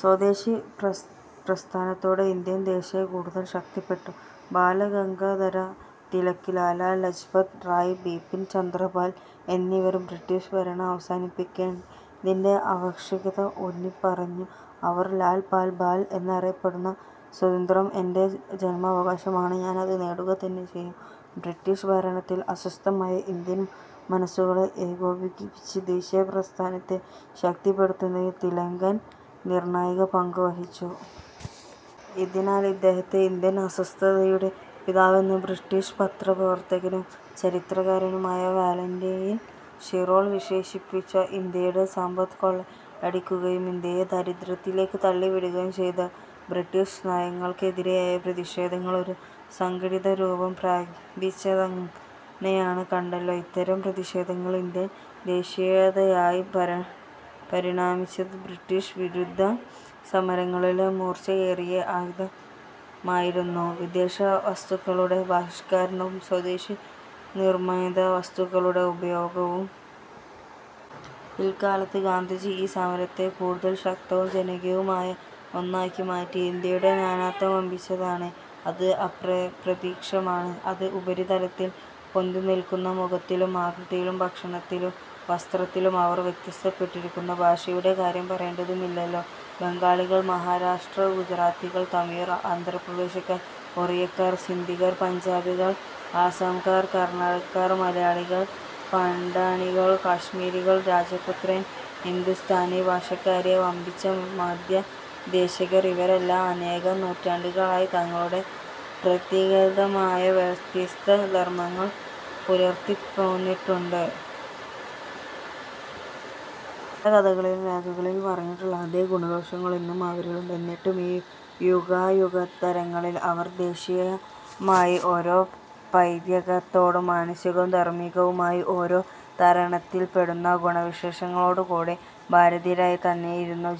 സ്വദേശി പ്രസ്ഥാനത്തോടെ ഇന്ത്യൻ ദേശീയത കൂടുതൽ ശക്തിപ്പെട്ടു. ബാല ഗംഗാധര തിലക്, ലാലാ ലജ്പത് റായ്, ബിപിൻ ചന്ദ്രപാൽ എന്നിവർ ബ്രിട്ടീഷ് ഭരണം അവസാനിപ്പിക്കേണ്ടതിന്റെ ആവശ്യകത ഊന്നിപ്പറഞ്ഞു. അവർ ലാൽ -പാൽ-ബാൽ എന്നറിയപ്പെട്ടു. "സ്വാതന്ത്ര്യം എന്റെ ജൻമാവകാശമാണ്. ഞാൻ അത് നേടുകതന്നെ ചെയ്യും. ബ്രിട്ടീഷ് ഭരണത്തിൽ അസ്വസ്ഥമായ ഇന്ത്യൻ മനസുകളെ ഏകോപിപ്പിച്ച് ദേശീയ പ്രസ്ഥാനത്തെ ശക്തിപ്പെടുത്തുന്നതിൽ തിലകൻ നിർണായക പങ്കു വഹിച്ചു. ഇതിനാൽ ഇദ്ദേഹത്തെ ഇന്ത്യൻ അസ്വസ്ഥതയുടടെ പിതാവെന്ന് ബ്രിട്ടീഷ് പത്രപ്രവർത്തകനും ചരിത്രകാരനുമായ വാലന്റയിൻ ഷിറോൾ വിശേഷിപ്പിച്ചു. ഇന്ത്യയുടെ സമ്പത്ത് കൊള്ളയടിക്കുകയും ഇന്ത്യയെ ദാരിദ്ര്യത്തിലേക്ക് തള്ളിവിടുകയും ചെയ്ത ബ്രിട്ടീഷ് നയങ്ങൾക്കെതിരായ പ്രതിഷേധങ്ങൾ ഒരു സംഘടിതരൂപം പ്രാപിച്ചതെങ്ങനെയെന്ന് കണ്ടല്ലോ. ഇത്തരം പ്രതിഷേധങ്ങളാണ് ഇന്ത്യൻ ദേശീയതയായി പരിണമിച്ചത്. ബ്രിട്ടീഷ് വിരുദ്ധ സമരങ്ങളിലെ മൂർച്ചയേറിയ ആയുധമായിരുന്നു വിദേശവസ്തുക്കളുടെ ബഹിഷ്കരണവും സ്വദേശി നിർമിത വസ്തുക്കളുടെ ഉപയോഗവും. പിൽക്കാലത്ത് ഗാന്ധിജി ഈ സമരത്തെ കൂടുതൽ ശക്തവും ജനകീയവുമായ ഒന്നാക്കി മാറ്റി. ഇന്ത്യയുടെ നാനാത്വം വമ്പിച്ചതാണ്. അത് പ്രത്യക്ഷമാണ്. അത് ഉപരിതലത്തിൽ പൊന്തിനിൽക്കുന്നു. മുഖത്തിലും ആകൃതിയിലും ഭക്ഷണത്തിലും വസ്ത്രത്തിലും അവർ വ്യത്യാസപ്പെട്ടിരിക്കുന്നു. ഭാഷയുടെ കാര്യം പറയേണ്ടതുമില്ലല്ലോ. ബംഗാളികൾ, മഹാരാഷ്ട്രർ, ഗുജറാത്തികൾ, തമിഴർ, ആന്ധ്രാപ്രദേശക്കാർ, ഒറിയക്കാർ, സിന്ധികൾ, പഞ്ചാബികൾ, ആസ്സാംകാർ, കർണാടകക്കാർ, മലയാളികൾ, പഠാണികൾ, കാശ്മീരികൾ, രജപുത്രർ, ഹിന്ദുസ്ഥാനി ഭാഷക്കാരായ വമ്പിച്ച മധ്യദേശക്കാർ ഇവരെല്ലാം അനേകം നൂറ്റാണ്ടുകളായി തങ്ങളുടെ പ്രത്യേകമായ വ്യത്യസ്ത ധർമങ്ങൾ പുലർത്തിപ്പോന്നിട്ടുണ്ട്. പല കഥകളിലും രേഖകളിലും പറഞ്ഞിട്ടുള്ള അതേ ഗുണദോഷങ്ങൾ ഇന്നും അവരിലുണ്ട്. എന്നിട്ടും ഈ യുഗയുഗാന്തരങ്ങളിൽ അവർ ദേശീയമായി ഒരേ പൈതൃകത്തോടും മാനസികവും ധാർമികവുമായി ഒരേ തരത്തിൽപ്പെടുന്ന ഗുണവിശേഷങ്ങളോടുംകൂടി ഭാരതീയരായി തന്നെയിരുന്നു.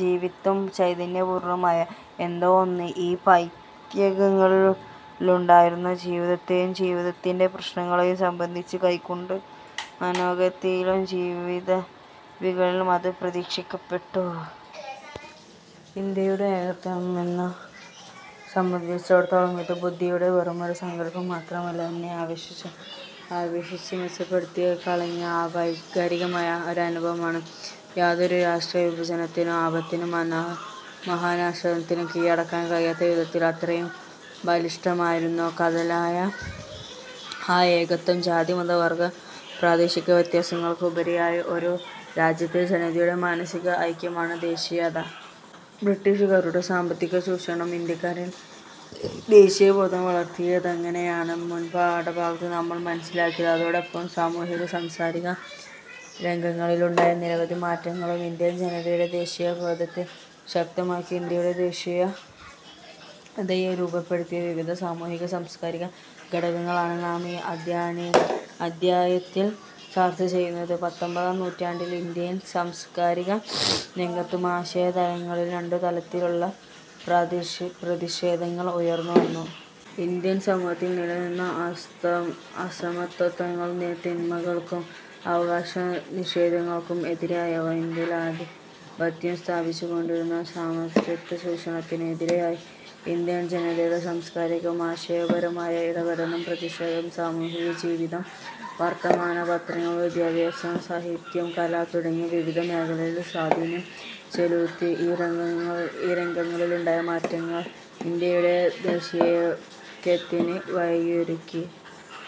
ജീവത്തും ചൈതന്യപൂർണവുമായ എന്തോ ഒന്ന് ഈ പൈതൃകത്തിലുണ്ടായിരുന്നു. ജീവിതത്തെയും ജീവിതത്തിന്റെ പ്രശ്നങ്ങളെയും സംബന്ധിച്ച് കൈക്കൊണ്ട് മനോഗതിയിലും ജീവിതരീതികളിലും അതു പ്രത്യക്ഷപ്പെട്ടു. ഇന്ത്യയുടെ ഏകത്വം എന്നെ സംബന്ധിച്ചിടത്തോളം ഇത് ബുദ്ധിയുടെ വെറുമൊരു സങ്കൽപ്പം മാത്രമല്ല; എന്നെ ആവേശിച്ചടിപ്പെടുത്തിക്കളഞ്ഞ വൈകാരികമായ ഒരനുഭവമാണ്. യാതൊരു രാഷ്ട്രീയവിഭജനത്തിനും ആപത്തിനും മഹാനാശത്തിനും കീഴടക്കാൻ കഴിയാത്ത വിധത്തിൽ അത്രയും ബലിഷ്ഠമായിരുന്നു കാതലായ ആ ഏകത്വം. ജാതി-മത-വർഗ-പ്രാദേശിക വ്യത്യാസങ്ങൾക്കുപരിയായി ഒരു രാജ്യത്തെ ജനതയുടെ മാനസിക ഐക്യമാണ് ദേശീയത. ബ്രിട്ടീഷുകാരുടെ സാമ്പത്തികചൂഷണം ഇന്ത്യക്കാരിൽ ദേശീയബോധം വളർത്തിയതെങ്ങനെയെന്നാണ് മുൻപാഠഭാഗത്ത് നമ്മൾ മനസ്സിലാക്കിയത്. അതോടൊപ്പം സാമൂഹിക-സാംസ്കാരിക രംഗങ്ങളിലുണ്ടായ നിരവധി മാറ്റങ്ങളും ഇന്ത്യൻ ജനതയുടെ ദേശീയബോധത്തെ ശക്തമാക്കി. ഇന്ത്യയുടെ ദേശീയതയെ രൂപപ്പെടുത്തിയ വിവിധ സാമൂഹിക-സാംസ്കാരിക ഘടകങ്ങളാണ് നാം ഈ അധ്യായത്തിൽ ചർച്ചചെയ്യുന്നത്. പത്തൊമ്പതാം നൂറ്റാണ്ടിൽ ഇന്ത്യയിൽ സാംസ്കാരിക രംഗത്തും ആശയ തലങ്ങളിലും രണ്ടു തരത്തിലുള്ള പ്രതിഷേധങ്ങൾ ഉയർന്നുവന്നു. ഇന്ത്യൻ സമൂഹത്തിൽ നിലനിന്ന അസമത്വങ്ങൾക്കും തിന്മകൾക്കും അവകാശനിഷേധങ്ങൾക്കും എതിരായവ. ഇന്ത്യയിൽ ആധിപത്യം സ്ഥാപിച്ചുകൊണ്ടിരുന്ന സാമ്രാജ്യത്വ ചൂഷണത്തിന് എതിരായി. ഇന്ത്യൻ ജനതയുടെ സാംസ്കാരികവും ആശയപരവുമായ ഇടപെടലും പ്രതിഷേധവും സാമൂഹികജീവിതം, വർത്തമാനപത്രങ്ങൾ, വിദ്യാഭ്യാസം, സാഹിത്യം, കല തുടങ്ങി വിവിധ മേഖലകളിൽ സ്വാധീനം ചെലുത്തി. ഈ രംഗങ്ങളിലുണ്ടായ മാറ്റങ്ങൾ ഇന്ത്യയുടെ ദേശീയൈക്യത്തിന് വഴിയൊരുക്കി.